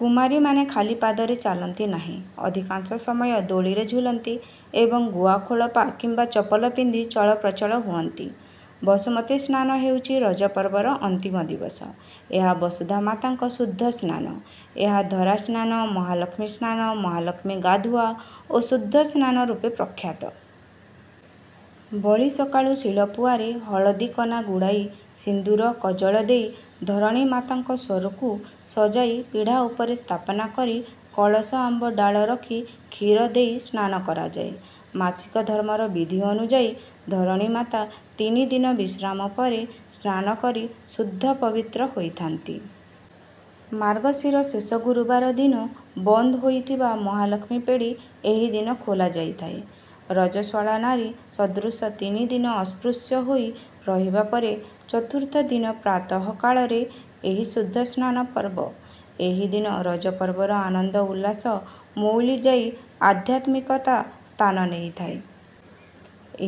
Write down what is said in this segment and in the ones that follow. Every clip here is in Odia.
କୁମାରୀମାନେ ଖାଲି ପାଦରେ ଚାଲନ୍ତି ନାହିଁ, ଅଧିକାଂଶ ସମୟ ଦୋଳିରେ ଝୁଲନ୍ତି ଏବଂ ଗୁଆ ଖୋଳପା କିମ୍ବା ଚପଲ ପିନ୍ଧି ଚଳପ୍ରଚଳ ହୁଅନ୍ତି। ବସୁମତୀ ସ୍ନାନ ହେଉଛି ରଜ ପର୍ବର ଅନ୍ତିମ ଦିବସ। ଏହା ବସୁଧାମାତାଙ୍କ ଶୁଦ୍ଧ ସ୍ନାନ। ଏହା ଧରାସ୍ନାନ, ମହାଲକ୍ଷ୍ମୀ ସ୍ନାନ, ମହାଲକ୍ଷ୍ମୀ ଗାଧୁଆ ଓ ଶୁଦ୍ଧ ସ୍ନାନ ରୂପେ ପ୍ରଖ୍ୟାତ। ବଡ଼ି ସକାଳୁ ଶିଳପୁଆରେ ହଳଦୀ କନା ଗୁଡ଼ାଇ ସିନ୍ଦୂର, କଜଳ ଦେଇ ଧରଣୀ ମାତାଙ୍କ ସ୍ୱରୂକୁ ସଜାଇ ପିଢ଼ା ଉପରେ ସ୍ଥାପନା କରି କଳସ ଆମ୍ବ ଡ଼ାଳ ରଖି କ୍ଷୀର ଦେଇ ସ୍ନାନ କରାଯାଏ। ମାସିକ ଧର୍ମର ବିଧି ଅନୁଯାୟୀ ଧରଣୀ ମାତା ତିନିଦିନ ବିଶ୍ରାମ ପରେ ସ୍ନାନ କରି ଶୁଦ୍ଧ ପବିତ୍ର ହୋଇଥା'ନ୍ତି। ମାର୍ଗଶୀର ଶେଷ ଗୁରୁବାର ଦିନ ବନ୍ଦ ହୋଇଥିବା ମହାଲକ୍ଷ୍ମୀ ପେଡ଼ି ଏହି ଦିନ ଖୋଲାଯାଇଥାଏ। ରଜସ୍ୱଳାନାରୀ ସଦୃଶ ତିନିଦିନ ଅସ୍ପୃଶ୍ୟ ହୋଇ ରହିବାପରେ ଚତୁର୍ଥ ଦିନ ପ୍ରାତଃ କାଳରେ ଏହି ଶୁଦ୍ଧ ସ୍ନାନ ପର୍ବ। ଏହି ଦିନ ରଜପର୍ବର ଆନନ୍ଦ ଉଲ୍ଲାସ ମଉଳି ଯାଇ ଆଧ୍ୟାତ୍ମିକତା ସ୍ଥାନ ନେଇଥାଏ।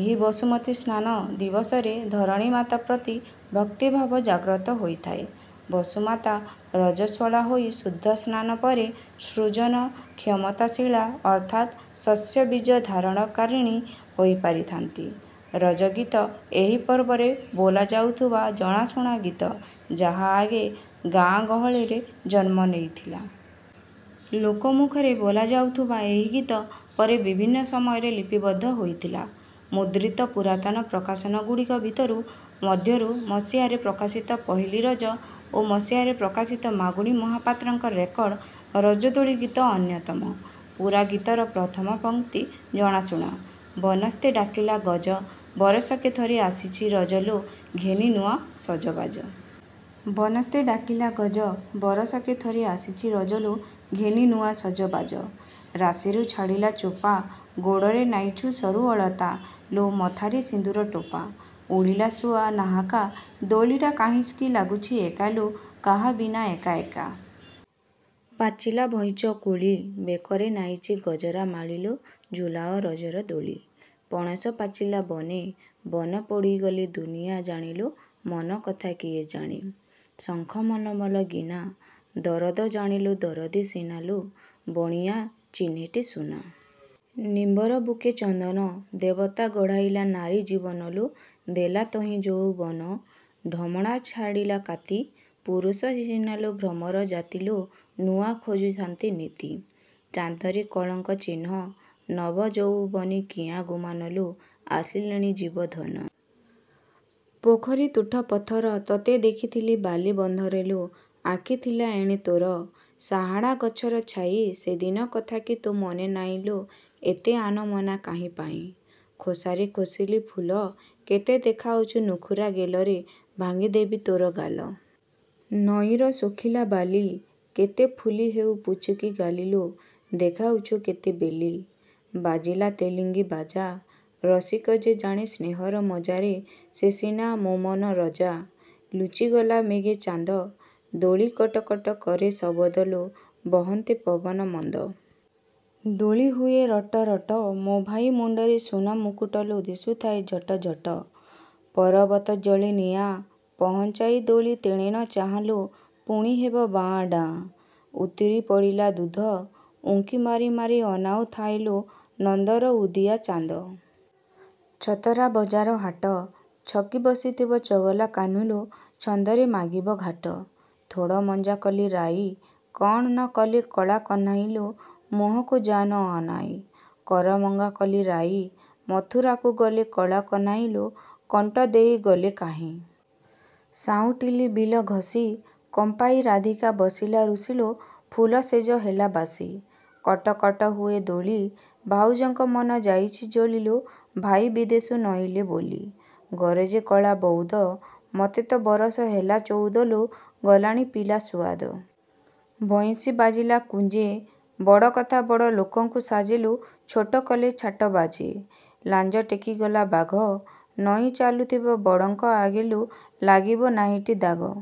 ଏହି ବସୁମତୀ ସ୍ନାନ ଦିବସରେ ଧରଣୀ ମାତା ପ୍ରତି ଭକ୍ତିଭାବ ଜାଗ୍ରତ ହୋଇଥାଏ। ବସୁମାତା ରଜସ୍ୱଳା ହୋଇ ଶୁଦ୍ଧସ୍ନାନ ପରେ ସୃଜନ କ୍ଷମତାଶୀଳା ଅର୍ଥାତ ଶସ୍ୟ ବୀଜ ଧାରଣକାରିଣୀ ହୋଇପାରିଥାନ୍ତି। ରଜଗୀତ ଏହି ପର୍ବରେ ବୋଲା ଯାଉଥିବା ଜଣାଶୁଣା ଗୀତ ଯାହା ଆଗେ ଗାଆଁଗହଳିରେ ଜନ୍ମ ନେଇଥିଲା। ଲୋକ ମୁଖରେ ବୋଲାଯାଉଥିବା ଏହି ଗୀତ ପରେ ବିଭିନ୍ନ ସମୟରେ ଲିପିବଦ୍ଧ ହୋଇଥିଲା। ମୁଦ୍ରିତ ପୁରାତନ ପ୍ରକାଶନଗୁଡ଼ିକ ଭିତରୁ ମଧ୍ୟରୁ ମସିହାରେ ପ୍ରକାଶିତ ପହିଲି ରଜ ଓ ମସିହାରେ ପ୍ରକାଶିତ ମାଗୁଣୀ ମହାପାତ୍ରଙ୍କ ରେକର୍ଡ ରଜଦୋଳି ଗୀତ ଅନ୍ୟତମ। ପୂରା ଗୀତର ପ୍ରଥମ ପଙ୍କ୍ତି ଜଣାଶୁଣା: " ବନସ୍ତେ ଡାକିଲା ଗଜ, ବରଷକେ ଥରେ ଆସିଛି ରଜ ଲୋ, ଘେନି ନୂଆ ସଜବାଜ "। ବନସ୍ତେ ଡାକିଲା ଗଜ, ବରଷକେ ଥରେ ଆସିଛି ରଜ ଲୋ, ଘେନି ନୂଆ ସଜବାଜ। ରାଶିରୁ ଛାଡ଼ିଲା ଚୋପା, ଗୋଡ଼ରେ ନାଇଛୁ ସରୁ ଅଳତା ଲୋ, ମଥାରେ ସିନ୍ଦୂର ଟୋପା। ଉଡ଼ିଲା ଶୁଆ ନାହାକା, ଦୋଳିଟା କାହିଁକି ଲାଗୁଛି ଏକା ଲୋ, କାହା ବିନା ଏକା ଏକା। ପାଚିଲା ଭଇଁଚ କୋଳି, ବେକରେ ନାଇଚି ଗଜରା ମାଳି ଲୋ, ଝୁଲାଅ ରଜର ଦୋଳି। ପଣସ ପାଚିଲା ବନେ, ବନ ପୋଡ଼ିଗଲେ ଦୁନିଆ ଜାଣେ ଲୋ, ମନକଥା କିଏ ଜାଣେ। ଶଙ୍ଖ ମଲମଲ ଗିନା, ଦରଦ ଜାଣେଲୋ ଦରଦୀ ସିନା ଲୋ, ବଣିଆ ଚିହ୍ନେଟି ସୁନା। ନିମ୍ବର ବୁକେ ଚନ୍ଦନ, ଦେବତା ଗଢ଼ାଇଲା ନାରୀ ଜୀବନ ଲୋ, ଦେଲା ତହିଁ ଯଉବନ। ଢମଣା ଛାଡ଼ିଲା କାତି, ପୁରୁଷ ସିନାଲୋ ଭ୍ରମର ଜାତି ଲୋ, ନୂଆ ଖୋଜୁଥାନ୍ତି ନିତି। ଚାନ୍ଦରେ କଳଙ୍କ ଚିହ୍ନ, ନବ ଯଉବନି କିଆଁ ଗୁମାନ ଲୋ, ଆସିଲେଣି ଜୀବ ଧନ। ପୋଖରୀ ତୁଠ ପଥର, ତତେ ଦେଖିଥିଲି ବାଲି ବନ୍ଧରେ ଲୋ, ଆଖି ଥିଲା ଏଣେ ତୋର। ସାହାଡ଼ା ଗଛର ଛାଇ, ସେଦିନ କଥାକି ତୋ ମନେ ନାଇଁ ଲୋ, ଏତେ ଆନମନା କାହିଁପାଇଁ। ଖୋସାରେ ଖୋସିଲି ଫୁଲ, କେତେ ଦେଖାଉଛୁ ନୁଖୁରା ଗେଲରେ, ଭାଙ୍ଗି ଦେବି ତୋର ଗାଲ। ନଈର ଶୁଖିଲା ବାଲି, କେତେ ଫୁଲି ହେଉ ପୁଚୁକିଗାଲି ଲୋ, ଦେଖାଉଛୁ କେତେ ବେଲି। ବାଜିଲା ତେଲିଙ୍ଗି ବାଜା, ରସିକ ଯେ ଜାଣେ ସ୍ନେହର ମଜା ରେ, ସେ ସିନା ମୋମନ ରଜା। ଲୁଚିଗଲା ମେଘେ ଚାନ୍ଦ, ଦୋଳି କଟକଟ କରେ ଶବଦ ଲୋ, ବହନ୍ତେ ପବନ ମନ୍ଦ। ଦୋଳି ହୁଏ ରଟରଟ, ମୋ ଭାଇ ମୁଣ୍ଡରେ ସୁନା ମୁକୁଟ ଲୋ, ଦିଶୁଥାଏ ଝଟଝଟ। ପରବତେ ଜଳେ ନିଆଁ, ପହଞ୍ଚାଇ ଦୋଳି ତେଣେ ନ ଚାହାଁ ଲୋ, ପୁଣି ହେବ ବାଆଁ ଡାଁ। ଉତୁରି ପଡ଼ିଲା ଦୁଧ, ଉଙ୍କି ମାରି ମାରି ଅନାଉ ଥାଏ ଲୋ, ନନ୍ଦର ଉଦିଆ ଚାନ୍ଦ। ଛତରା ବଜାର ହାଟ, ଛକି ବସିଥିବ ଚଗଲା କାହ୍ନୁଲୋ, ଛନ୍ଦରେ ମାଗିବ ଘାଟ। ଥୋଡ଼ମଞ୍ଜା କଲି ରାଇ, କଣ ନ କଲେ କଳା କହ୍ନାଇ ଲୋ, ମୁହଁକୁ ଯା ନ ଅନାଇ। କରମଙ୍ଗା କଲି ରାଇ, ମଥୁରାକୁ ଗଲେ କଳା କହ୍ନାଇ ଲୋ, କଣ୍ଟ ଦେଇ ଗଲେ କାହିଁ। ସାଉଁଟିଲି ବିଲ ଘଷି, କିମ୍ପାଇଁ ରାଧିକା ବସିଲା ରୁଷି ଲୋ, ଫୁଲ ଶେଜ ହେଲା ବାସି। କଟକଟ ହୁଏ ଦୋଳି, ଭାଉଜଙ୍କ ମନ ଯାଇଛି ଜଳି ଲୋ, ଭାଇ ବିଦେଷୁ ନଇଁଲେ ବୋଲି। ଗରଜେ କଳା ବଉଦ, ମୋତେ ତ ବରଷ ହେଲା ଚଉଦ ଲୋ, ଗଲାଣି ପିଲା ସୁଆଦ। ବଇଁଶୀ ବାଜିଲା କୁଞ୍ଜେ, ବଡ଼କଥା ବଡ଼ ଲୋକଙ୍କୁ ସାଜେ ଲୋ, ଛୋଟ କଲେ ଛାଟ ବାଜେ। ଲାଞ୍ଜ ଟେକିଗଲା ବାଘ, ନଇଁ ଚାଲୁଥିବ ବଡ଼ଙ୍କ ଆଗେ ଲୋ, ଲାଗିବ ନାହିଁଟି ଦାଗ।